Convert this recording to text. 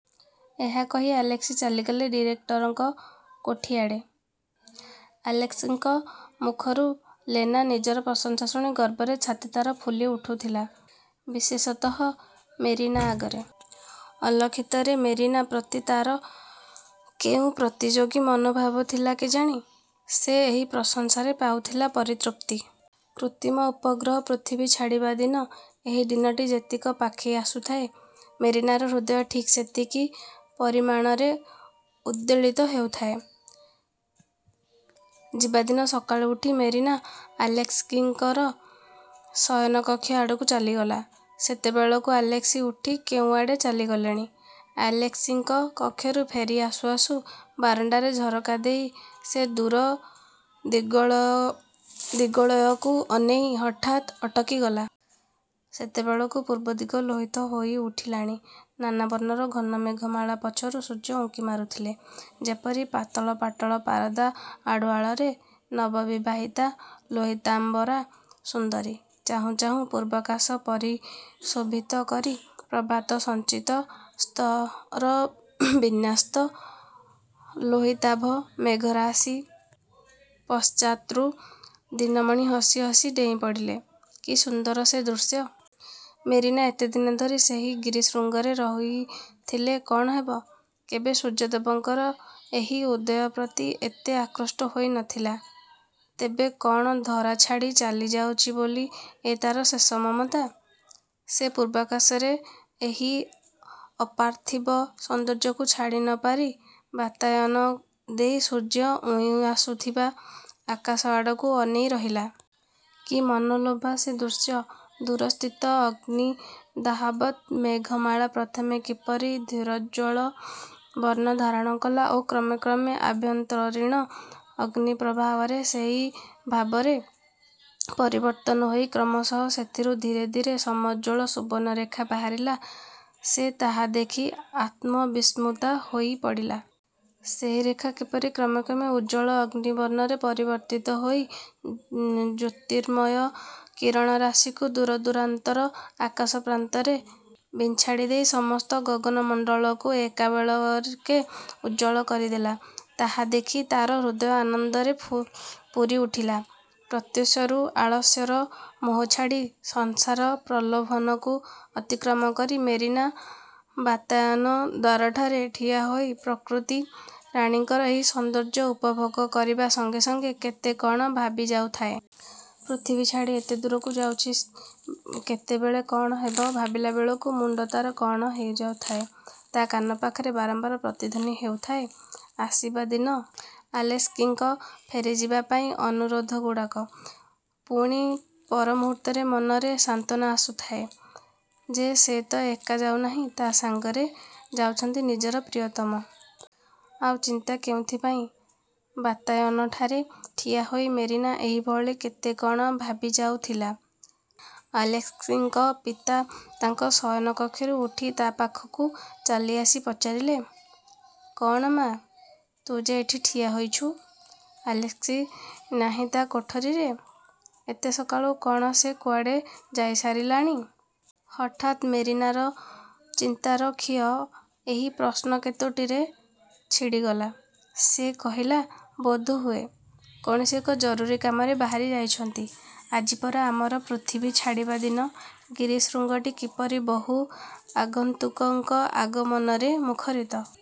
'' ଏହା କହି ଆଲେସ୍କି ଚାଲିଗଲେ ଡିରେକ୍ଟରଙ୍କ କୋଠି ଆଡ଼େ। ଆଲେସ୍କିଙ୍କ ମୁଖରୁ ଲେନା ନିଜର ପ୍ରଶଂସା ଶୁଣି ଗର୍ବରେ ଛାତି ତା'ର ଫୁଲି ଉଠୁଥିଲା, ବିଶେଷତଃ ମେରିନା ଆଗରେ। ଅଲକ୍ଷିତରେ ମେରିନା ପ୍ରତି ତା'ର କେଉଁ ପ୍ରତିଯୋଗୀ ମନୋଭାବ ଥିଲା କେଜାଣି, ସେ ଏହି ପ୍ରଶଂସାରେ ପାଉଥିଲା ପରିତୃପ୍ତି। କୃତ୍ରିମ ଉପଗ୍ରହ ପୃଥିବୀ ଛାଡ଼ିବା ଦିନ ଏହି ଦିନଟି ଯେତିକି ପାଖେଇ ଆସୁଥାଏ, ମେରିନାର ହୃଦୟ ଠିକ୍ ସେତିକି ପରିମାଣରେ ଉଦ୍ବେଳିତ ହେଉଥାଏ। ଯିବା ଦିନ ସକାଳୁ ଉଠି ମେରିନା ଆଲେସ୍କିଙ୍କର ଶୟନକକ୍ଷ ଆଡ଼କୁ ଚାଲିଗଲା। ସେତେବେଳକୁ ଆଲେସ୍କି ଉଠି କେଉଁଆଡ଼େ ଚାଲିଗଲେଣି। ଆଲେସ୍କିଙ୍କ କକ୍ଷରୁ ଫେରି ଆସୁ ଆସୁ ବାରଣ୍ଡାର ଝରକା ଦେଇ ସେ ଦୂର ଦିଗୋଳ ଦିଗୋଳୟକୁ ଅନାଇ ହଠାତ୍ ଅଟକିଗଲା। ସେତେବେଳକୁ ପୂର୍ବଦିଗ ଲୋହିତ ହୋଇଉଠିଲାଣି। ନାନା ବର୍ଣ୍ଣର ଘନ ମେଘମାଳା ପଛରୁ ସୂର୍ଯ୍ୟ ଉଙ୍କି ମାରୁଥିଲେ; ଯେପରି ପାତଳ-ପାଟଳ-ପାରଦା ଆଢୁଆଳରେ ନବବିବାହିତା ଲୋହିତାମ୍ବରା ସୁନ୍ଦରୀ। ଚାହୁଁ ଚାହୁଁ ପୂର୍ବାକାଶ ପରିଶୋଭିତ କରି ପ୍ରଭାତସଞ୍ଚିତ ସ୍ତରବିନାସ୍ତ ଲୋହିତାଭ ମେଘରାଶି ପଶ୍ଚାତ୍ରୁ ଦିନମଣି ହସି ହସି ଡେଇଁପଡ଼ିଲେ। କି ସୁନ୍ଦର ସେ ଦୃଶ୍ୟ! ମେରିନା ଏତେଦିନ ଧରି ସେହି ଗିରିଶୃଙ୍ଗରେ ରହିଥିଲେ କ'ଣ ହେବ, କେବେ ସୂର୍ଯ୍ୟଦେବଙ୍କର ଏହି ଉଦୟ ପ୍ରତି ଏତେ ଆକୃଷ୍ଟ ହୋଇ ନଥିଲା। ତେବେ କ'ଣ ଧରା ଛାଡ଼ି ଚାଲିଯାଉଛି ବୋଲି ଏ ତା'ର ଶେଷ ମମତା? ସେ ପୂର୍ବାକାଶରେ ଏହି। ଅପାର୍ଥିବ ସୌନ୍ଦର୍ଯ୍ୟକୁ ଛାଡ଼ି ନପାରି ବାତାୟନ ଦେଇ ସୂର୍ଯ୍ୟ ଉଇଁଆସୁଥିବା ଆକାଶ ଆଡ଼କୁ ଅନାଇ ରହିଲା। କି ମନୋଲୋଭା ସେ ଦୃଶ୍ୟ! ଦୂରସ୍ଥିତ ଅଗ୍ନିଦାହବତ୍ ମେଘମାଳା ପ୍ରଥମେ କିପରି ଧୀରୋଜ୍ଜ୍ୱଳ ବର୍ଣ୍ଣ ଧାରଣ କଲା ଓ କ୍ରମେ କ୍ରମେ ଆଭ୍ୟନ୍ତରୀଣ ଅଗ୍ନିପ୍ରବାହରେ ସେହି ଭାବର ପରିବର୍ତ୍ତନ ହୋଇ କ୍ରମଶଃ ସେଥିରୁ ଧୀରେ ଧୀରେ ସମୁଜ୍ଜ୍ୱଳ ସୁବର୍ଣ୍ଣ ରେଖା ବାହାରିଲା, ସେ ତାହା ଦେଖି ଆତ୍ମବିସ୍ମୃତା ହୋଇପଡ଼ିଲା। ସେହି ରେଖା କିପରି କ୍ରମେ କ୍ରମେ ଉଜ୍ଜ୍ୱଳ ଅଗ୍ନିବର୍ଣ୍ଣରେ ପରିବର୍ତ୍ତିତ ହୋଇ ଜ୍ୟୋତିର୍ମୟ କିରଣରାଶିକୁ ଦୂରଦୂରାନ୍ତର ଆକାଶପ୍ରାନ୍ତରେ ବିଞ୍ଛାଡ଼ି ଦେଇ ସମସ୍ତ ଗଗନମଣ୍ଡଳକୁ ଏକାବେଳକେ ଉଜ୍ଜ୍ୱଳ କରିଦେଲା, ତାହା ଦେଖି ତା'ର ହୃଦୟ ଆନନ୍ଦରେ ଫୁ ପୂରିଉଠିଲା। ପ୍ରତ୍ୟୁଷରୁ ଆଳସ୍ୟର ମୋହ ଛାଡ଼ି ସଂସାର ପ୍ରଲୋଭନକୁ ଅତିକ୍ରମ କରି ମେରିନା ବାତାୟନ ଦ୍ୱାରଠାରେ ଠିଆହୋଇ ପ୍ରକୃତି–ରାଣୀଙ୍କର ଏଇ ସୌନ୍ଦର୍ଯ୍ୟ ଉପଭୋଗ କରିବା ସଙ୍ଗେ ସଙ୍ଗେ କେତେ କ'ଣ ଭାବିଯାଉଥାଏ। ପୃଥିବୀ ଛାଡ଼ି ଏତେ ଦୂରକୁ ଯାଉଛି, କେତେବେଳେ କ'ଣ ହେବ, ଭାବିଲାବେଳକୁ ମୁଣ୍ଡ ତାର କଣ ହୋଇଯାଉଥାଏ। ତା' କାନ ପାଖରେ ବାରମ୍ବାର ପ୍ରତିଧ୍ୱନି ହେଉଥାଏ, ଆସିବା ଦିନ ଆଲେସ୍କିଙ୍କ ଫେରିଯିବା ପାଇଁ ଅନୁରୋଧଗୁଡ଼ିକ। ପୁଣି ପର ମୁହୂର୍ତ୍ତରେ ମନରେ ସାନ୍ତ୍ୱନା ଆସୁଥାଏ ଯେ ସେ ତ ଏକା ଯାଉନାହିଁ, ତା ସାଙ୍ଗରେ ଯାଉଛନ୍ତି ନିଜର ପ୍ରିୟତମ। ଆଉ ଚିନ୍ତା କେଉଁଥିପାଇଁ? ବାତାୟନଠାରେ ଠିଆହୋଇ ମେରିନା ଏଇଭଳି କେତେ କ'ଣ ଭାବିଯାଉଥିଲା। ଆଲେସ୍କିଙ୍କ ପିତା ତାଙ୍କ ଶୟନ କକ୍ଷରୁ ଉଠି ତା ପାଖକୁ ଚାଲିଆସି ପଚାରିଲେ, ''କ'ଣ ମା, ତୁ ଯେ ଏଠି ଠିଆ ହୋଇଛୁ? ଆଲେସ୍କି ନାହିଁ ତା କୋଠରିରେ? ଏତେ ସକାଳୁ କ'ଣ ସେ କୁଆଡ଼େ ଯାଇସାରିଲାଣି-? '' ହଠାତ୍ ମେରିନାର ଚିନ୍ତାର ଖିଅ ଏହି ପ୍ରଶ୍ନ କେତୋଟିରେ ଛିଡ଼ିଗଲା। ସେ କହିଲା, ''ବୋଧହୁଏ, କୌଣସି ଏକ ଜରୁରୀ କାମରେ ବାହାରି ଯାଇଛନ୍ତି। ଆଜି ପରା ଆମର ପୃଥିବୀ ଛାଡ଼ିବା ଦିନ। ଗିରିଶୃଙ୍ଗଟି କିପରି ବହୁ ଆଗନ୍ତୁକଙ୍କ ଆଗମନରେ ମୁଖରିତ